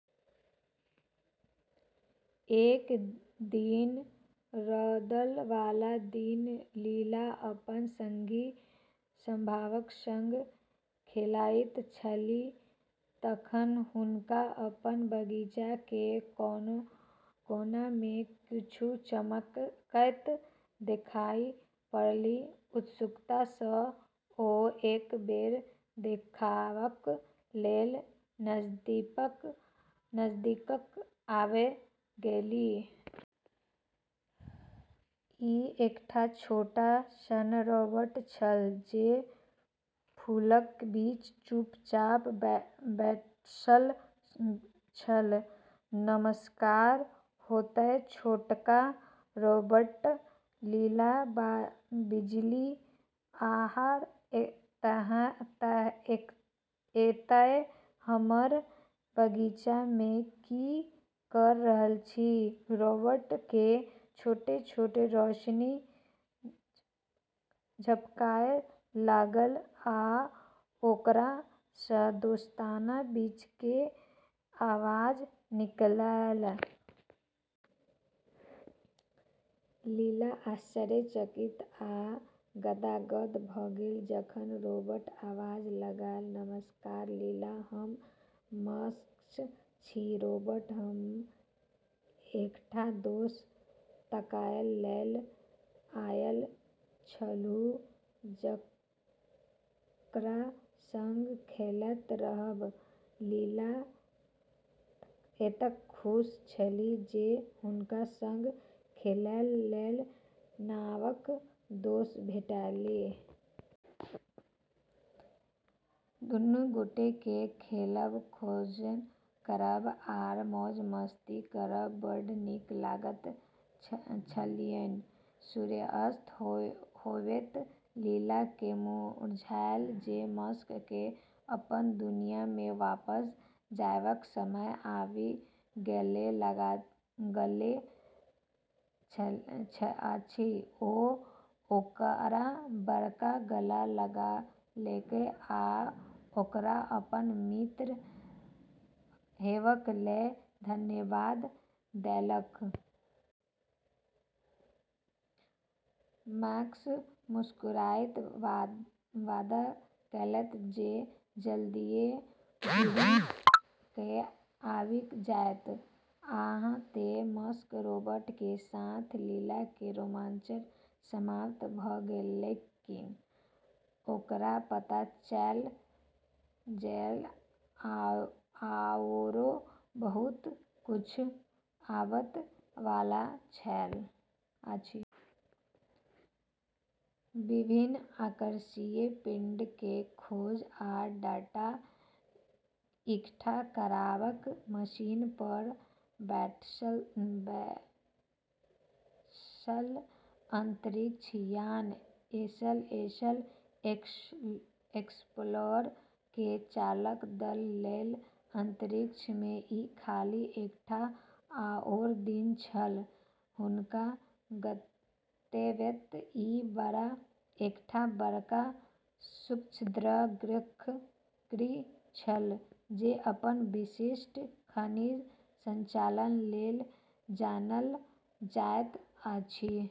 एक दिन रौद वाला दिन लीला अपन संगी सभक संग खेलाइत छली तखन हुनका अपन बगीचा के कोना मे किछु चमकैत देखाइ पड़लनि। उत्सुकता सँ ओ एक बेर देखबाक लेल नजदीक आबि गेली। ई एकटा छोट सन रोबोट छल, जे फूलक बीच चुपचाप बैसल छल। "नमस्कार ओतय, छोटका रोबोट" लीला बाजली। "अहाँ एतय हमर बगीचा मे की क' रहल छी?" रोबोट के छोट-छोट रोशनी झपकय लागल, आ ओकरा सँ दोस्ताना बीप के आवाज निकलल। लीला आश्चर्यचकित आ गदगद भ' गेल जखन रोबोट बाजय लागल। "नमस्कार लीला, हम मैक्स छी, रोबोट। हम एकटा दोस्त ताकय लेल आयल छलहुँ, जकरा संग खेलैत रहब।" लीला एतेक खुश छली जे हुनका संग खेलय लेल नवका दोस्त भेटलनि। दुनू गोटे केँ खेलब, खोज करब, आ मौज-मस्ती करब बड्ड नीक लगैत छलनि। सूर्यास्त होइते लीला केँ बुझायल जे मैक्स केँ अपन दुनिया मे वापस जेबाक समय आबि गेल अछि। ओ ओकरा बड़का गला लगा लेलक आ ओकरा अपन मित्र हेबाक लेल धन्यवाद देलक। मैक्स मुस्कुराइत वादा केलक जे जल्दिये घुरि क' आबि जायत। आ तें, मैक्स रोबोट के साथ लीला के रोमांच समाप्त भ' गेल, लेकिन ओकरा पता छल जे आओर बहुत किछु आबय वाला अछि। विभिन्न आकाशीय पिंड के खोज आ डाटा इकट्ठा करबाक मिशन पर बैसल अंतरिक्ष यान एसएस एक्सप्लोरर के चालक दल लेल अंतरिक्ष मे ई खाली एकटा आओर दिन छल। हुनक गंतव्य ई बार एकटा बड़का क्षुद्रग्रह छल, जे अपन विशिष्ट खनिज संरचना लेल जानल जाइत अछि।